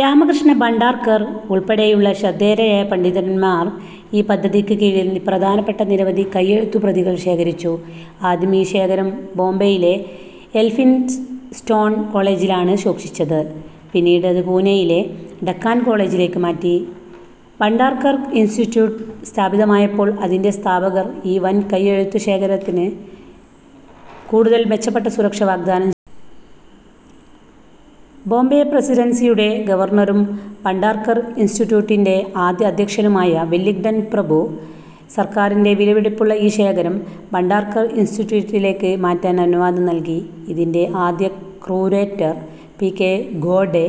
രാമകൃഷ്ണ ഭണ്ഡാർക്കർ ഉൾപ്പെടെയുള്ള ശ്രദ്ധേയരായ പണ്ഡിതന്മാർ ഈ പദ്ധതിക്ക് കീഴിൽ പ്രധാനപ്പെട്ട നിരവധി കൈയെഴുത്തുപ്രതികൾ ശേഖരിച്ചു. ആദ്യം ഈ ശേഖരം ബോംബെയിലെ എൽഫിൻസ്റ്റോൺ കോളേജിലാണ് സൂക്ഷിച്ചത്. പിന്നീട് അത് പൂനെയിലെ ഡക്കാൻ കോളേജിലേക്ക് മാറ്റി. ഭണ്ഡാർക്കർ ഇൻസ്റ്റിറ്റ്യൂട്ട് സ്ഥാപിതമായപ്പോൾ അതിൻ്റെ സ്ഥാപകർ ഈ വൻ കൈയെഴുത്തുശേഖരത്തിന് കൂടുതൽ മെച്ചപ്പെട്ട സുരക്ഷ വാഗ്ദാനം ചെയ്തു. ബോംബെ പ്രസിഡൻസിയുടെ ഗവർണറും ഭണ്ഡാർക്കർ ഇൻസ്റ്റിറ്റ്യൂട്ടിൻ്റെ ആദ്യ അധ്യക്ഷനുമായ വില്ലിംഗ്ടൺ പ്രഭു, സർക്കാരിൻ്റെ വിലപിടിപ്പുള്ള ഈ ശേഖരം ഭണ്ഡാർക്കർ ഇൻസ്റ്റിറ്റ്യൂട്ടിലേക്ക് മാറ്റാൻ അനുവാദം നൽകി. ഇതിൻ്റെ ആദ്യ ക്യൂറേറ്റർ പി. കെ. ഖോഡെ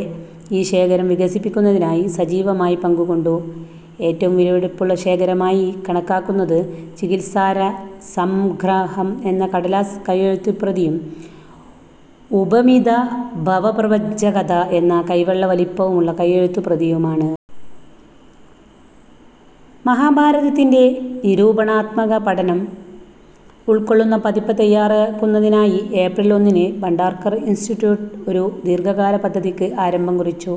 ഈ ശേഖരം വികസിപ്പിക്കുന്നതിനായി സജീവമായി പങ്കുകൊണ്ടു. ഏറ്റവും വിലപിടിപ്പുള്ള ശേഖരമായി കണക്കാക്കുന്നത് ചികിത്സാസാരസംഗ്രഹം എന്ന കടലാസ് കൈയെഴുത്തുപ്രതിയും ഉപമിതഭവപ്രപഞ്ചകഥ എന്ന കൈവെള്ള വലിപ്പമുള്ള കൈയെഴുത്തുപ്രതിയുമാണ്. മഹാഭാരതത്തിൻ്റെ നിരൂപണാത്മക പഠനം ഉൾക്കൊള്ളുന്ന പതിപ്പ് തയ്യാറാക്കുന്നതിനായി ഏപ്രിൽ ഒന്നിന് ഭണ്ഡാർക്കർ ഇൻസ്റ്റിറ്റ്യൂട്ട് ഒരു ദീർഘകാല പദ്ധതിക്ക് ആരംഭം കുറിച്ചു.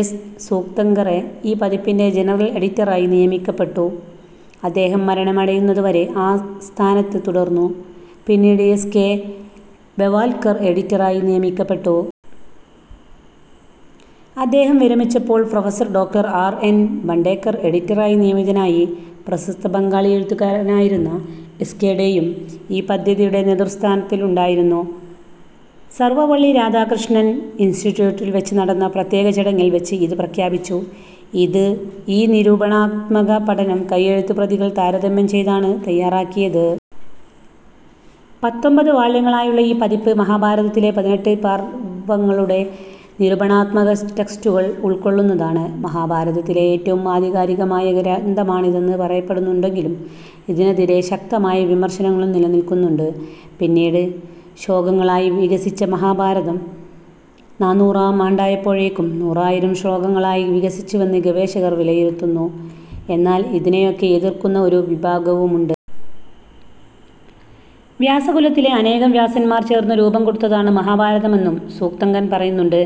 എസ്. സൂക്തങ്കറെ ഈ പതിപ്പിൻ്റെ ജനറൽ എഡിറ്ററായി നിയമിക്കപ്പെട്ടു. അദ്ദേഹം മരണമടയുന്നത് വരെ ആ സ്ഥാനത്ത് തുടർന്നു. പിന്നീട് എസ്. കെ. ബെവാൽക്കർ എഡിറ്ററായി നിയമിക്കപ്പെട്ടു. അദ്ദേഹം വിരമിച്ചപ്പോൾ professor doctor R. N. Dandekar എഡിറ്ററായി നിയമിതനായി. പ്രശസ്ത ബംഗാളി എഴുത്തുകാരനായിരുന്ന എസ്. കെ. ഡേയും ഈ പദ്ധതിയുടെ നേതൃസ്ഥാനത്തുണ്ടായിരുന്നു. സർവപള്ളി രാധാകൃഷ്ണൻ ഇൻസ്റ്റിറ്റ്യൂട്ടിൽ വെച്ച് നടന്ന പ്രത്യേക ചടങ്ങിൽ വെച്ച് ഇത് പ്രഖ്യാപിച്ചു.ഈ നിരൂപണാത്മക പഠനം കൈയെഴുത്തുപ്രതികൾ താരതമ്യം ചെയ്താണ് തയ്യാറാക്കിയത്. പത്തൊമ്പത് വാള്യങ്ങളായുള്ള ഈ പതിപ്പ് മഹാഭാരതത്തിലെ പതിനെട്ട് പർവ്വങ്ങളുടെ നിരൂപണാത്മക ടെക്സ്റ്റുകൾ ഉൾക്കൊള്ളുന്നതാണ്. മഹാഭാരതത്തിലെ ഏറ്റവും ആധികാരികമായ ഗ്രന്ഥമാണിതെന്ന് പറയപ്പെടുന്നുണ്ടെങ്കിലും ഇതിനെതിരെ ശക്തമായ വിമർശനങ്ങളും നിലനിൽക്കുന്നുണ്ട്. പിന്നീട് ശ്ലോകങ്ങളായി വികസിച്ച മഹാഭാരതം, നാനൂറാം ആണ്ടായപ്പോഴേക്കും നൂറായിരം ശ്ലോകങ്ങളായി വികസിച്ചുവെന്ന് ഗവേഷകർ വിലയിരുത്തുന്നു. എന്നാൽ ഇതിനെയൊക്കെ എതിർക്കുന്ന ഒരു വിഭാഗവുമുണ്ട്. വ്യാസകുലത്തിലെ അനേകം വ്യാസന്മാർ ചേർന്ന് രൂപം കൊടുത്തതാണ് മഹാഭാരതമെന്നും സൂക്തങ്കർ പറയുന്നുണ്ട്.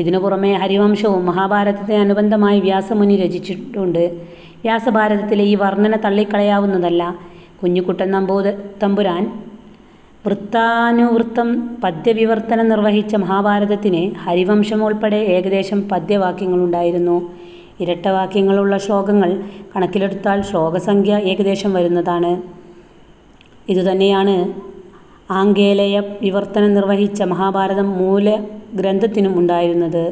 ഇതിനു പുറമെ ഹരിവംശവും മഹാഭാരതത്തിൻ്റെ അനുബന്ധമായി വ്യാസമുനി രചിച്ചിട്ടുണ്ട്. വ്യാസഭാരതത്തിലെ ഈ വർണന തള്ളിക്കളയാവുന്നതല്ല. കുഞ്ഞിക്കുട്ടൻ തമ്പുരാൻ വൃത്താനുവൃത്തം പദ്യവിവർത്തനം നിർവഹിച്ച മഹാഭാരതത്തിന് ഹരിവംശം ഉൾപ്പെടെ ഏകദേശം പദ്യവാക്യങ്ങളുണ്ടായിരുന്നു. ഇരട്ട വാക്യങ്ങളുള്ള ശ്ലോകങ്ങൾ കണക്കിലെടുത്താൽ ശ്ലോകസംഖ്യ ഏകദേശം വരുന്നതാണ്. ഇതുതന്നെയാണ് ആംഗലേയ വിവർത്തനം നിർവഹിച്ച മഹാഭാരതം മൂലഗ്രന്ഥത്തിനും ഉണ്ടായിരുന്നത്.